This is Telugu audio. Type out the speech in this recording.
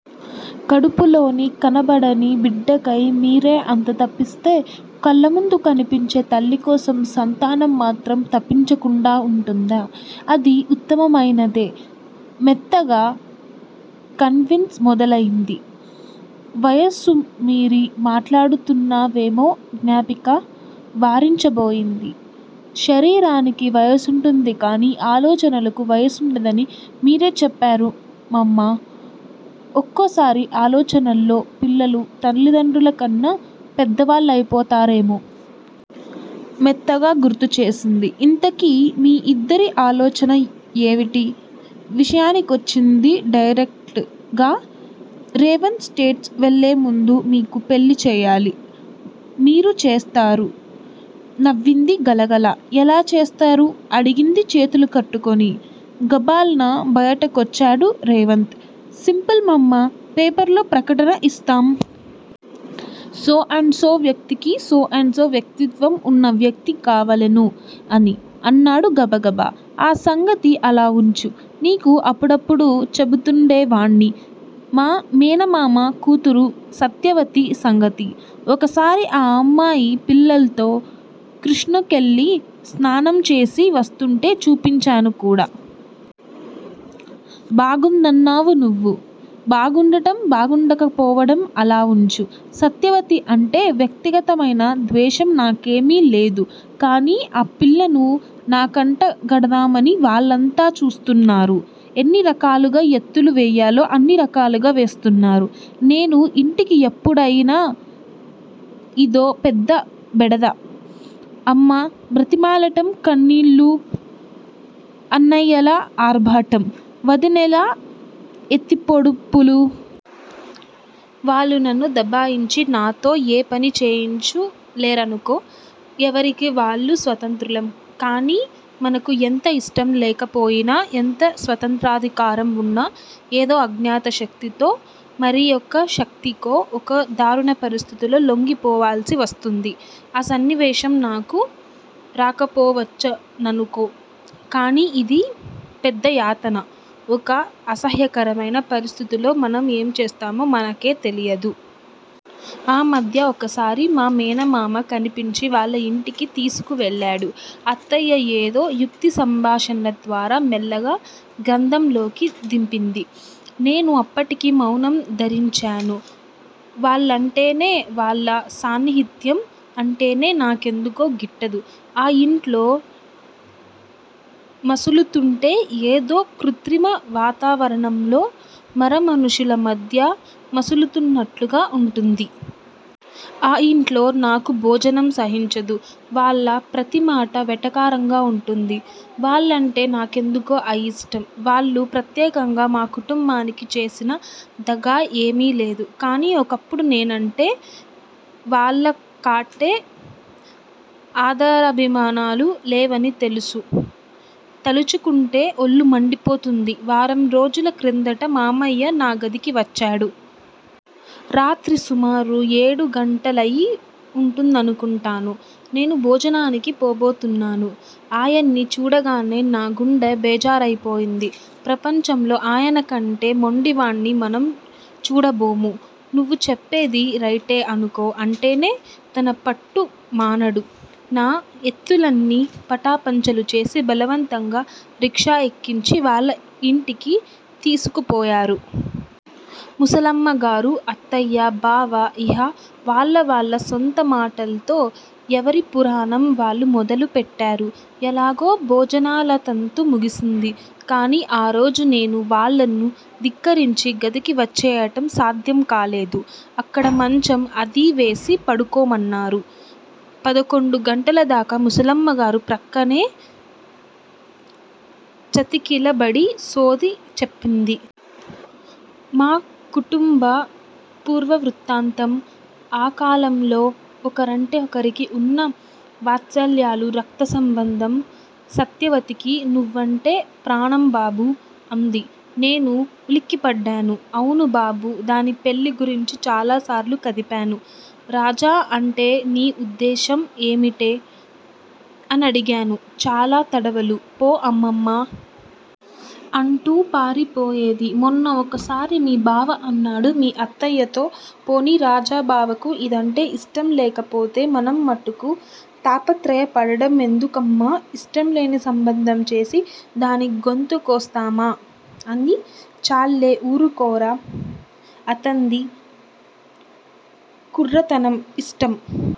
కడుపులోని కనబడని బిడ్డకై మీరే అంత తపిస్తే, కళ్ళముందు కనిపించే తల్లికోసం సంతానం మాత్రం తపించకుండా ఉంటుందా. అది ఉత్తమమైనదైతే! మెత్తగా కన్విన్స్ మొదలయ్యింది. వయసు మీరి మాట్లాడుతున్నావేమో జ్ఞాపికా! వారించబోయింది. శరీరానికి వయసుంటుంది కానీ, ఆలోచనలకు వయసుండందని మీరే చెప్పారు మమ్మా! ఒక్కోసారి ఆలోచనల్లో పిల్లలు తల్లిదండ్రులకన్నా పెద్దవాళ్ళయిపోతారేమో! మెత్తగా గుర్తుచేసింది. ఇంతకీ మీ ఇద్దరి ఆలోచన ఏవిటీ? విషయానికొచ్చింది డైరెక్ట్ గా. రేవంత్ స్టేట్స్ వెళ్లేముందు మీకు పెళ్ళి చెయ్యాలి! మీరు చేస్తారు? నవ్వింది గలగలా. ఎలా చేస్తారు? అడిగింది చేతులు కట్టుకుని! గభాల్న బయటకొచ్చాడు రేవంత్. సింపుల్ మమ్మా పేపర్ లో ప్రకటన ఇస్తాం! 'సో అండ్ సో వ్యక్తికి- సో అండ్ సో వ్యక్తిత్వం ఉన్న వ్యక్తి కావలెను' అని! అన్నాడు గబగబా. ఆ సంగతి అలావుంచు. నీకు అప్పుడప్పుడూ చెబుతూవుండేవాణ్ణి మా మేనమామ కూతురు సత్యవతి సంగతి. ఒకసారి ఆ అమ్మాయి పిల్లల్తో కృష్ణకెళ్ళి స్నానంచేసి వస్తూంటే చూపించాను కూడా. బాగుందన్నావు నువ్వు. బాగుండటం, బాగుండకపోవటం అలావుంచు. సత్యవతి అంటే వ్యక్తిగతమైన ద్వేషం నాకేమీలేదు. కాని ఆ పిల్లను నాకంటగడదామని వాళ్ళంతా చూస్తున్నారు. ఎన్నిరకాలుగా ఎత్తులు వెయ్యాలో అన్నిరకాలుగా వేస్తున్నారు. నేను ఇంటికి ఎప్పుడుపోయినా ఇదో పెద్ద బెడద. అమ్మ బ్రతిమాలటం, కన్నీళ్ళు, అన్నయ్యల ఆర్భాటం. వదినెల ఎత్తిపొడుపులూ. వాళ్ళు నన్ను దబాయించి నాతో ఏ పనీ చేయించలేరనుకో. ఎవరికి వాళ్ళు స్వతంత్రులం. కాని మనకు ఎంత ఇష్టంలేకపోయినా, ఎంత స్వతంత్రాధికారం వున్నా ఏదో అజ్ఞాతశక్తితో, మరియొకశక్తికో ఒక దారుణ పరిస్థితిలో లొంగిపోవాల్సి వస్తుంది. ఆ సన్నివేశం నాకు రాకపోవచ్చుననుకో. కాని ఇది పెద్దయాతన. ఒక అసహ్యకరమైన పరిస్థితిలో మనం ఏంచేస్తామో మనకే తెలియదు. ఆ మధ్య ఒకసారి మా మేనమామ కనిపించి వాళ్ళ ఇంటికి తీసుకువెళ్ళాడు. అత్తయ్య ఏదో యుక్తిసంభాషణల ద్వారా మెల్లగా గ్రంథంలోకి దింపింది. నేను అప్పటికి మౌనం ధరించాను. వాళ్ళంటేనే, వాళ్ళ సాన్నిహిత్యం అంటేనే నా కెందుకో గిట్టదు. ఆ ఇంట్లో మసులుతూంటే ఏదో కృత్రిమ వాతావరణంలో, మరమనుషుల మధ్య మసులుతున్నట్లుగా వుంటుంది. ఆ ఇంట్లో నాకు భోజనం సహించదు. వాళ్ళ ప్రతిమాటా వెటకారంగా వుంటుంది. వాళ్ళంటే నాకెందుకో అయిష్టం. వాళ్ళు ప్రత్యేకంగా మా కుటుంబానికి చేసిన దగా ఏమీలేదు. కాని ఒకప్పుడు నేనంటే వాళ్ళకాట్టే ఆదరాభిమానాలు లేవని తెలుసు. తలుచుకుంటే ఒళ్ళు మండిపోతుంది. వారంరోజుల క్రిందట మామయ్య నా గదికి వచ్చాడు. రాత్రి సుమారు ఏడుగంటలయి వుంటుందనుకుంటాను. నేను భోజనానికి పోబోతున్నాను. ఆయన్ని చూడగానే నా గుండె బేజారయిపోయింది. ప్రపంచంలో ఆయనకంటే మొండివాణ్ని మనం చూడబోము. నువ్వు చెప్పేది రైటే అనుకో అంటూనే తనపట్టు మానడు. నా ఎత్తులన్నీ పటాపంచలుచేసి, బలవంతంగా రిక్షా ఎక్కించి, వాళ్ళ ఇంటికి తీసుకుపోయారు. ముసలమ్మగారు. అత్తయ్యా, బావా, ఇహ వాళ్ళ వాళ్ళ సొంతమాటల్తో ఎవరిపురాణం వాళ్ళు మొదలుపెట్టారు. ఎలాగో భోజనాలతంతు ముగిసింది. కాని ఆరోజు నేను వాళ్ళను ధిక్కరించి గదికి వచ్చెయ్యటం సాధ్యంకాలేదు. అక్కడ మంచం అదీ వేసి పడుకోమన్నారు. పదకొండు గంటలదాకా ముసలమ్మగారు ప్రక్కనే చతికిలబడి సోది చెప్పింది. మా కుటుంబ పూర్వవృత్తాంతం, ఆకాలంలో ఒకరంటే ఒకరికి వున్న వాత్సల్యాలు, రక్తసంబంధం. సత్యవతికి నువ్వంటే ప్రాణంబాబూ! అంది. నేను ఉలిక్కిపడ్డాను. అవును బాబూ! దాని పెళ్ళి గురించి చాలాసార్లు కదిపాను. 'రాజా అంటే నీ ఉద్దేశం ఏమిటే? ' అనడిగాను చాలా తడవలు. 'పో అమ్మమ్మా! ' అంటూ పారిపోయేది. మొన్న ఒకసారి మీ బావ అన్నాడు మీ అత్తయ్యతో 'పోనీ రాజుబావకు ఇదంటే ఇష్టంలేకపోతే మనం మట్టుకు తాపత్రయపడటమెందుకమ్మా? ఇష్టంలేని సంబంధంచేసి దానిగొంతుకోస్తామా? ' అని. 'చాల్లే ఊరుకోరా. అతన్ది కుర్రతనం. ఇష్టం